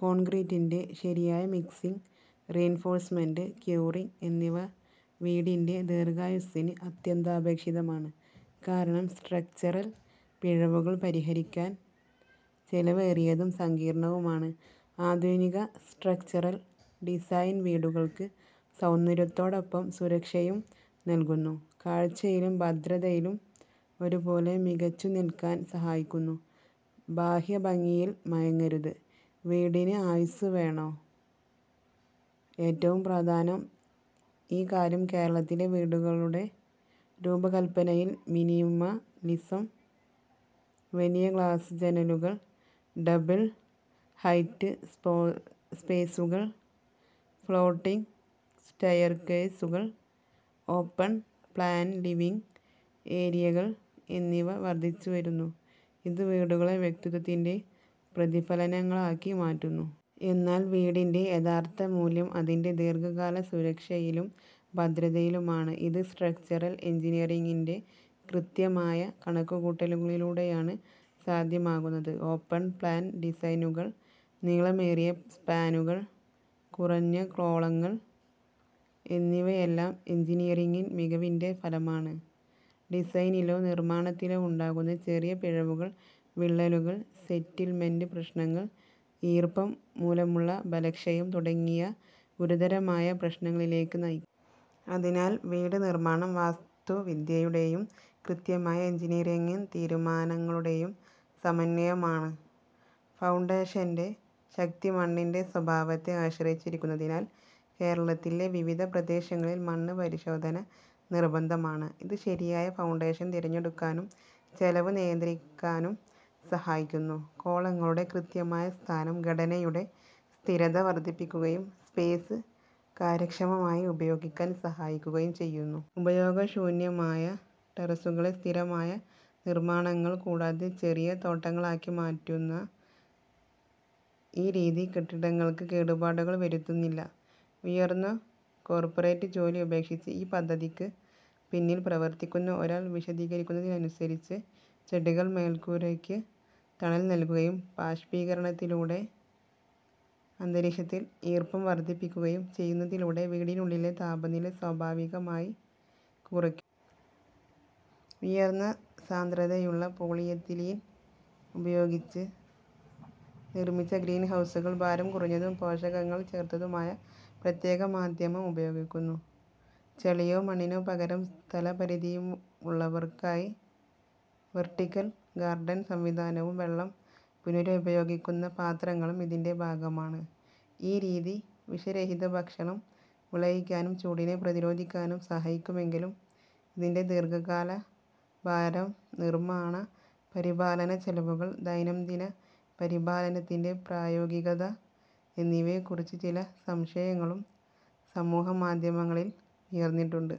കോൺക്രീറ്റിന്റെ ശരിയായ mixing, reinforcement, curing എന്നിവ വീടിന്റെ ദീർഘായുസ്സിന് അത്യന്താപേക്ഷിതമാണ്, കാരണം സ്ട്രക്ചറൽ പിഴവുകൾ പരിഹരിക്കാൻ ചെലവേറിയതും സങ്കീർണ്ണവുമാണ്. ആധുനിക സ്ട്രക്ചറൽ ഡിസൈൻ വീടുകൾക്ക് സൗന്ദര്യത്തോടൊപ്പം സുരക്ഷയും നൽകുന്നു, കാഴ്ചയിലും ഭദ്രതയിലും ഒരുപോലെ മികച്ചുനിൽക്കാൻ സഹായിക്കുന്നു. ബാഹ്യഭംഗിയിൽ മയങ്ങരുത്: വീടിന് ആയുസ്സ് വേണോ? ഏറ്റവും പ്രധാനം ഈ കാര്യം കേരളത്തിലെ വീടുകളുടെ രൂപകൽപ്പനയിൽ മിനിമലിസം, വലിയ ഗ്ലാസ് ജനലുകൾ, ഡബിൾ-ഹൈറ്റ് സ്പേസുകൾ, ഫ്ലോട്ടിങ് സ്റ്റെയർകേസുകൾ, ഓപ്പൺ-പ്ലാൻ ലിവിങ് ഏരിയകൾ എന്നിവ വർദ്ധിച്ചുവരുന്നു, ഇത് വീടുകളെ വ്യക്തിത്വത്തിന്റെ പ്രതിഫലനങ്ങളാക്കി മാറ്റുന്നു. എന്നാൽ വീടിന്റെ യഥാർത്ഥ മൂല്യം അതിന്റെ ദീർഘകാല സുരക്ഷയിലും ഭദ്രതയിലുമാണ്, ഇത് സ്ട്രക്ചറൽ എൻജിനീയറിംഗിന്റെ കൃത്യമായ കണക്കുകൂട്ടലുകളിലൂടെയാണ് സാധ്യമാകുന്നത്. ഓപ്പൺ-പ്ലാൻ ഡിസൈനുകൾ, നീളമേറിയ സ്പാനുകൾ, കുറഞ്ഞ കോളങ്ങൾ എന്നിവയെല്ലാം എൻജിനീയറിംഗ് മികവിന്റെ ഫലമാണ്; ഡിസൈനിലോ നിർമ്മാണത്തിലോ ഉണ്ടാകുന്ന ചെറിയ പിഴവുകൾ വിള്ളലുകൾ, സെറ്റിൽമെന്റ് പ്രശ്നങ്ങൾ, ഈർപ്പം മൂലമുള്ള ബലക്ഷയം തുടങ്ങിയ ഗുരുതരമായ പ്രശ്നങ്ങളിലേക്ക് നയിക്കാം. അതിനാൽ, വീട് നിർമ്മാണം വാസ്തുവിദ്യയുടെയും കൃത്യമായ എഞ്ചിനീയറിംഗ് തീരുമാനങ്ങളുടെയും സമന്വയമാണ്. ഫൗണ്ടേഷന്റെ ശക്തി മണ്ണിന്റെ സ്വഭാവത്തെ ആശ്രയിച്ചിരിക്കുന്നതിനാൽ, കേരളത്തിലെ വിവിധ പ്രദേശങ്ങളിൽ മണ്ണ് പരിശോധന നിർബന്ധമാണ്, ഇത് ശരിയായ ഫൗണ്ടേഷൻ തിരഞ്ഞെടുക്കാനും ചെലവ് നിയന്ത്രിക്കാനും സഹായിക്കുന്നു. കോളങ്ങളുടെ കൃത്യമായ സ്ഥാനം ഘടനയുടെ സ്ഥിരത വർദ്ധിപ്പിക്കുകയും സ്പേസ് കാര്യക്ഷമമായി ഉപയോഗിക്കാൻ സഹായിക്കുകയും ചെയ്യുന്നു. ഉപയോഗശൂന്യമായ ടെറസുകളെ സ്ഥിരമായ നിർമ്മാണങ്ങൾ കൂടാതെ ചെറിയ തോട്ടങ്ങളാക്കി മാറ്റുന്ന ഈ രീതി, കെട്ടിടങ്ങൾക്ക് കേടുപാടുകൾ വരുത്തുന്നില്ല. ഉയർന്ന കോർപ്പറേറ്റ് ജോലി ഉപേക്ഷിച്ച് ഈ പദ്ധതിക്ക് പിന്നിൽ പ്രവർത്തിക്കുന്ന ഒരാൾ വിശദീകരിക്കുന്നതനുസരിച്ച്, ചെടികൾ മേൽക്കൂരയ്ക്ക് തണൽ നൽകുകയും ബാഷ്പീകരണത്തിലൂടെ അന്തരീക്ഷത്തിൽ ഈർപ്പം വർദ്ധിപ്പിക്കുകയും ചെയ്യുന്നതിലൂടെ വീടിനുള്ളിലെ താപനില സ്വാഭാവികമായി കുറയ്ക്കുന്നു. ഉയർന്ന സാന്ദ്രതയുള്ള പോളിയെത്തിലീൻ ഉപയോഗിച്ച് നിർമ്മിച്ച ഗ്രീൻഹൗസുകൾ, ഭാരം കുറഞ്ഞതും പോഷകങ്ങൾ ചേർത്തതുമായ പ്രത്യേക മാധ്യമം ഉപയോഗിക്കുന്നു, ചളിയോ മണ്ണിനോ പകരം. സ്ഥലപരിമിതിയുള്ളവർക്കായി വെർട്ടിക്കൽ ഗാർഡൻ സംവിധാനവും വെള്ളം പുനരുപയോഗിക്കുന്ന പാത്രങ്ങളും ഇതിന്റെ ഭാഗമാണ്. ഈ രീതി വിഷരഹിത ഭക്ഷണം വിളയിക്കാനും ചൂടിനെ പ്രതിരോധിക്കാനും സഹായിക്കുമെങ്കിലും, ഇതിന്റെ ദീർഘകാല ഭാരം, നിർമ്മാണ, പരിപാലന ചെലവുകൾ, ദൈനംദിന പരിപാലനത്തിന്റെ പ്രായോഗികത എന്നിവയെക്കുറിച്ച് ചില സംശയങ്ങളും സമൂഹമാധ്യമങ്ങളിൽ ഉയർന്നിട്ടുണ്ട്.